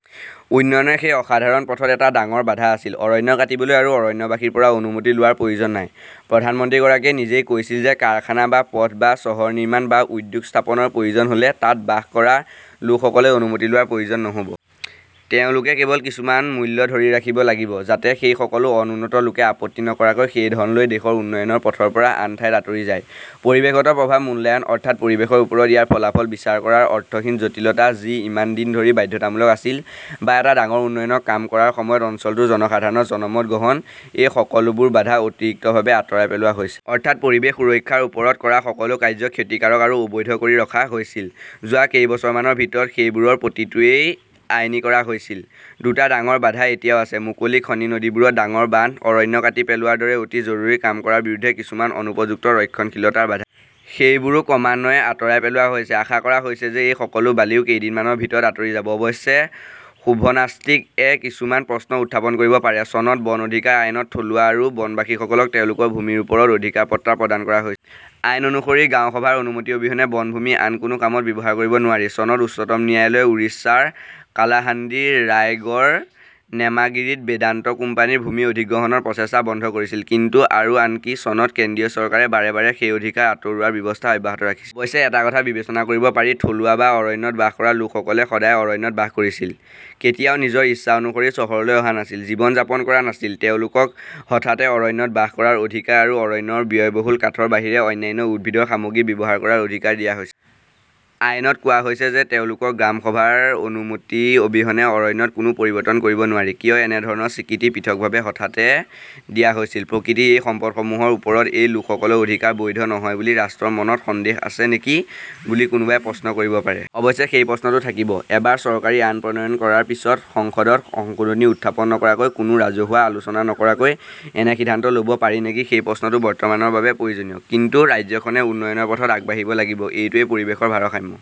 উন্নয়নৰ সেই অ-সাধাৰণ পথত এটা ডাঙৰ বাধা আছিল-অৰণ্য কাটিবলৈ আৰু অৰণ্যবাসীৰ পৰা অনুমতি লোৱাৰ প্ৰয়োজন নাই। প্ৰধানমন্ত্ৰীগৰাকীয়ে নিজেই কৈছিল যে কাৰখানা বা পথ, বা চহৰ নিৰ্মাণ, বা উদ্যোগ স্থাপনৰ প্ৰয়োজন হ 'লে তাত বাস কৰা লোকসকলে অনুমতি লোৱাৰ প্ৰয়োজন নহ' ব। তেওঁলোকে কেৱল কিছুমান মূল্য ধৰি ৰাখিব লাগিব-যাতে সেই সকলো 'অনুন্নত "লোকে আপত্তি নকৰাকৈ সেই ধন লৈ দেশৰ উন্নয়নৰ পথৰ পৰা আন ঠাইত আঁতৰি যায়। পৰিৱেশগত প্ৰভাৱ মূল্যায়ন, অৰ্থাৎ 'পৰিৱেশৰ ওপৰত ইয়াৰ ফলাফল বিচাৰ কৰা' ৰ অৰ্থহীন জটিলতা যি ইমান দিন ধৰি বাধ্যতামূলক আছিল, বা এটা ডাঙৰ উন্নয়নৰ কাম কৰাৰ সময়ত অঞ্চলটোৰ জনসাধাৰণৰ 'জনমত গ্ৰহণ'-এই সকলোবোৰ বাধা অতিৰিক্তভাৱে আঁতৰাই পেলোৱা হৈছে। অৰ্থাৎ, 'পৰিৱেশ সুৰক্ষা "ৰ ওপৰত কৰা সকলো কাৰ্য্য ক্ষতিকাৰক আৰু অবৈধ কৰি ৰখা হৈছিল, যোৱা কেইবছৰমানৰ ভিতৰত সেইবোৰৰ প্ৰতিটোৱেই আইনী কৰা হৈছিল। দুটা ডাঙৰ বাধা এতিয়াও আছে-মুকলি খনি, নদীবোৰত ডাঙৰ বান্ধ, অৰণ্য কাটি পেলোৱাৰ দৰে অতি জৰুৰী কাম কৰাৰ বিৰুদ্ধে কিছুমান অনুপযুক্ত ৰক্ষণশীলতাৰ বাধা। সেইবোৰো ক্ৰমান্বয়ে আঁতৰাই পেলোৱা হৈছে-আশা কৰা হৈছে যে এই সকলো বালিও কেইদিনমানৰ ভিতৰত আঁতৰি যাব। অৱশ্যে 'শুভনাষ্টিক "-এ কিছুমান প্ৰশ্ন উত্থাপন কৰিব পাৰে। চনত বন অধিকাৰ আইনত থলুৱা আৰু বনবাসীসকলক তেওঁলোকৰ ভূমিৰ ওপৰত অধিকাৰ পট্টা প্ৰদান কৰা হৈছিল। আইন অনুসৰি গাঁও সভাৰ অনুমতি অবিহনে বনভূমি আন কোনো কামত ব্যৱহাৰ কৰিব নোৱাৰি। চনত উচ্চতম ন্যায়ালয়ে উৰিষ্যাৰ কালাহাণ্ডি ৰায়গড় নেমাগিৰীত বেদান্ত কোম্পানীৰ ভূমি অধিগ্ৰহণৰ প্ৰচেষ্টা বন্ধ কৰিছিল। কিন্তু, আৰু আনকি চনত কেন্দ্ৰীয় চৰকাৰে বাৰে বাৰে সেই অধিকাৰ আঁতৰোৱাৰ ব্যৱস্থা অব্যাহত ৰাখিছিল। অৱশ্যে এটা কথা বিবেচনা কৰিব পাৰি-থলুৱা বা অৰণ্যত বাস কৰা লোকসকলে সদায় অৰণ্যত বাস কৰিছিল, কেতিয়াও নিজৰ ইচ্ছা অনুসৰি চহৰলৈ অহা নাছিল, জীৱন যাপন কৰা নাছিল, তেওঁলোকক হঠাতে 'অৰণ্যত বাস কৰাৰ অধিকাৰ, আৰু অৰণ্যৰ ব্যয়বহুল কাঠৰ বাহিৰে অন্যান্য উদ্ভিদৰ সামগ্ৰী ব্যৱহাৰ কৰাৰ অধিকাৰ' দিয়া হৈছিল। আইনত কোৱা হৈছে যে তেওঁলোকৰ 'গ্ৰাম সভাৰ অনুমতি অবিহনে অৰণ্যত কোনো পৰিৱৰ্তন কৰিব নোৱাৰি "। কিয় এনে ধৰণৰ স্বীকৃতি পৃথকভাৱে হঠাতে দিয়া হৈছিল? প্ৰকৃতিৰ এই সম্পদসমূহৰ ওপৰত এই লোকসকলৰ অধিকাৰ 'বৈধ "নহয় বুলি ৰাষ্ট্ৰৰ মনত সন্দেহ আছে নেকি বুলি কোনোবাই প্ৰশ্ন কৰিব পাৰে? অৱশ্যে, সেই প্ৰশ্নটো থাকিব। এবাৰ চৰকাৰী আইন প্ৰণয়ন কৰাৰ পিছত, সংসদত সংশোধনী উত্থাপন নকৰাকৈ, কোনো ৰাজহুৱা আলোচনা নকৰাকৈ এনে সিদ্ধান্ত ল "ব পাৰি নেকি সেই প্ৰশ্নটো বৰ্তমানৰ বাবে প্ৰয়োজনীয়। কিন্তু ৰাজ্যখনে উন্নয়নৰ পথত আগবাঢ়িব লাগিব। এইটোৱে পৰিৱেশৰ ভাৰসাম্য